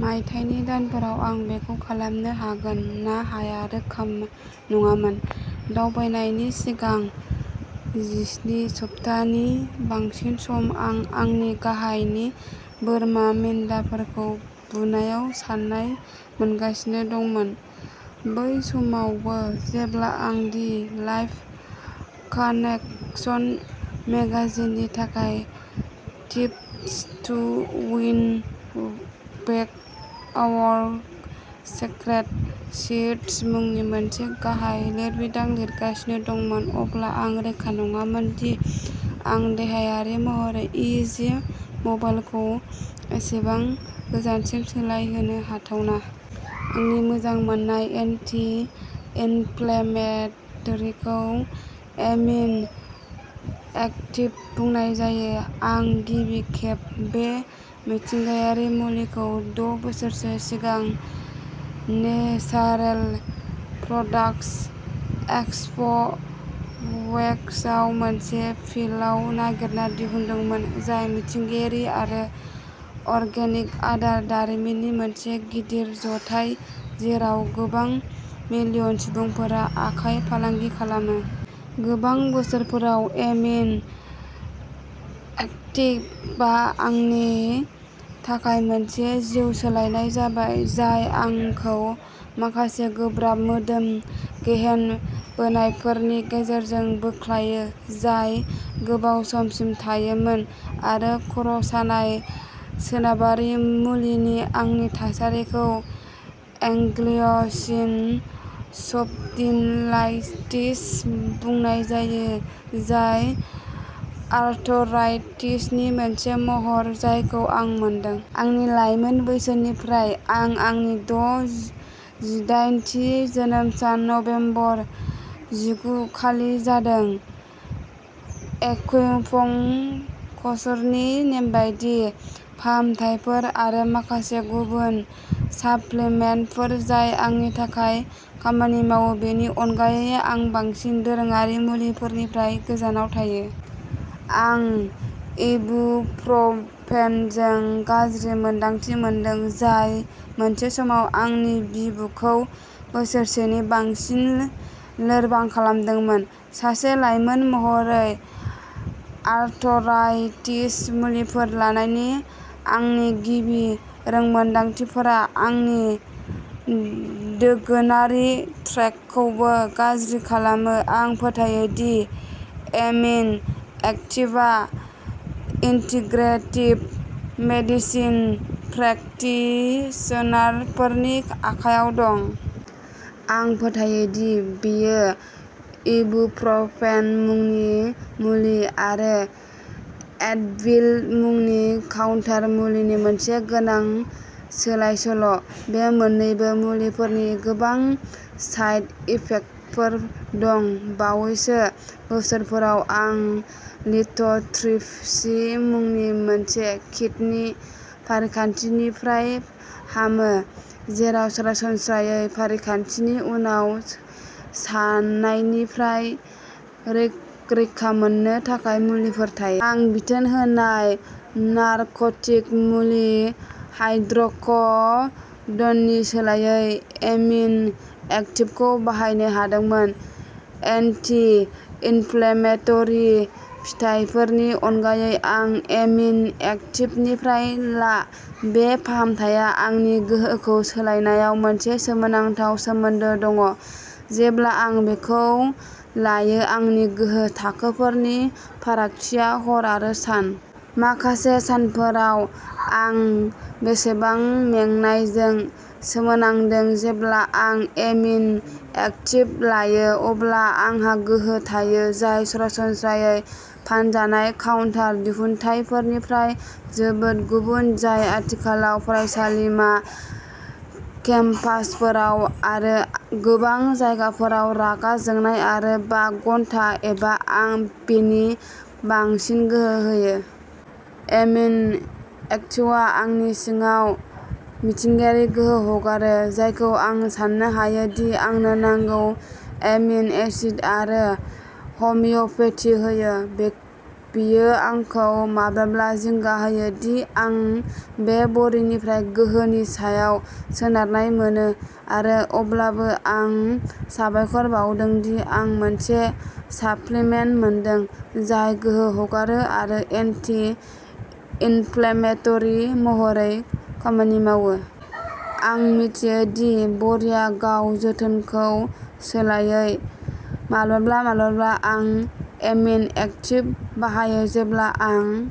मायथाइनि दानफोराव आं बेखौ खालामनो हागोन ना हाया रोखा नङामोन। दावबायनायनि सिगां जिस्नि सप्ताहनि बांसिन सम आं आंनि गाहायनि बोरमा मेन्दाफोरखौ बुनायाव सानाय मोनगासिनो दंमोन। बै समावबो, जेब्ला आं दि लाइफ कानेकसन मेगाजिननि थाखाय tips to win back our sacred seeds मुंनि मोनसे गाहाय लिरबिदां लिरगासिनो दंमोन, अब्ला आं रोखा नङामोन दि आं देहायारि महरै इ जि मबाइलखौ एसेबां गोजानसिम सालायनो हाथावना। आंनि मोजां मोननाय एन्टि-इनफ्लेमेटरिखौ एमिन' एक्टिभ बुंनाय जायो। आं गिबि खेब बे मिथिंगायारि मुलिखौ द' बोसोरसो सिगां नेसारेल प्रडाक्ट एक्सपो वेस्टआव मोनसे पिलआव नागिरना दिहुनदोंमोन, जाय मिथिंगायारि आरो अर्गेनिक आदार दारिमिननि मोनसे गिदिर ज'थाय जेराव गोबां-मिलियन सुबुंफोरा आखाइ फालांगि खालामो। गोबां बोसोरफोराव, एमिन' एक्टिभआ आंनि थाखाय मोनसे जिउ सोलायनाय जाबाय, जाय आंखौ माखासे गोब्राब मोदोम-गेहेन बोनायफोरनि गेजेरजों बोख्लायो जाय गोबाव समसिम थायोमोन आरो खर' सानाय। सोनाबारि मुलिनि आंनि थासारिखौ एंग्लिय'सिन स्पन्डिलाइटिस बुंनाय जायो, जाय आर्थराइटिसनि मोनसे महर जायखौ आं मोनदों। आंनि लाइमोन बैसोनिफ्राय। आं आंनि द' जिदायेन थि जोनोम सान नबेम्बर जिगु खालि जादों। एक्युपंक्चरनि नेमबादि फाहामथायफोर आरो माखासे गुबुन साप्लिमेन्टफोर जाय आंनि थाखाय खामानि मावो, बेनि अनगायै, आं बांसिन दोरोङारि मुलिफोरनिफ्राय गोजानाव थायो। आं इबुप्रफेनजों गाज्रि मोन्दांथि मोनदों, जाय मोनसे समाव आंनि बिबुखौ बोसोरसेनि बांसिन लोरबां खालामदोंमोन। सासे लाइमोन महरै आर्थराइटिस मुलिफोर लानायनि आंनि गिबि रोंमोनदांथिफोरा आंनि दोगोनारि ट्रेकखौबो गाज्रि खालामो। आं फोथायो दि एमिन' एक्टिभआ इन्टिग्रेटिभ मेडिसिन प्रेकटिशनारफोरनि आखायाव दं। आं फोथायो दि बेयो इबुप्रफेन मुंनि मुलि आरो एडभिल मुंनि काउन्टार मुलिनि मोनसे गोनां सोलायसोल'। बे मोन्नैबो मुलिफोरनि गोबां साइड इफेक्टफोर दं। बावैसो बोसोरफोराव आं लिथ'ट्रिप्सी मुंनि मोनसे किडनि फारिखान्थिनिफ्राय हामो, जेराव सरासनस्रायै फारिखान्थिनि उनाव सानायनिफ्राय रैखा मोननो थाखाय मुलिफोर थायो। आं बिथोन होनाय नारक'टिक मुलि हाइड्र'क'डननि सोलायै एमिन' एक्टिभखौ बाहायनो हादोंमोन। एन्टि-इनफ्लेमेटरि फिथायफोरनि अनगायै आं एमिन' एक्टिभनिफ्राय ला, बे फाहामथाया आंनि गोहोखौ सोलायनायाव मोनसे सोमोनांथाव सोमोन्दो दङ। जेब्ला आं बेखौ लायो, आंनि गोहो थाखोफोरनि फारागथिया हर आरो सान। माखासे सानफोराव, आं बेसेबां मेंनायजों सोमोनांदों। जेब्ला आं एमिन' एक्टिभ लायो, अब्ला आंहा गोहो थायो, जाय सरासनस्रायै फानजानाय काउन्टार दिहुनथायफोरनिफ्राय जोबोद गुबुन, जाय आथिखालाव फरायसालिमा केम्पासफोराव आरो गोबां जायगाफोराव रागा जोंनाय आरो बा घन्टा एबा बेनि बांसिन गोहो होयो। एमिन' एक्टिवआ आंनि सिङाव मिथिंगायारि गोहो हगारो, जायखौ आं साननो हायो दि आंनो नांगौ एमिन' एसिड आरो हमिय'पेथि होयो। बेयो आंखौ माब्लाबा जिंगा होयो दि आं बे बरिनिफ्राय गोहोनि सायाव सोनारनाय मोनो, आरो अब्लाबो आं साबायखर बावदों दि आं मोनसे साप्लिमेन्ट मोनदों जाय गोहो हगारो आरो एन्टि-इनफ्लेमेटरि महरै खामानि मावो। आं मिथियो दि बरिआ गाव जोथोनखौ सोलायाखै। माब्लाबा माब्लाबा आं एमिन'एक्टिभ बाहायो जेब्ला आं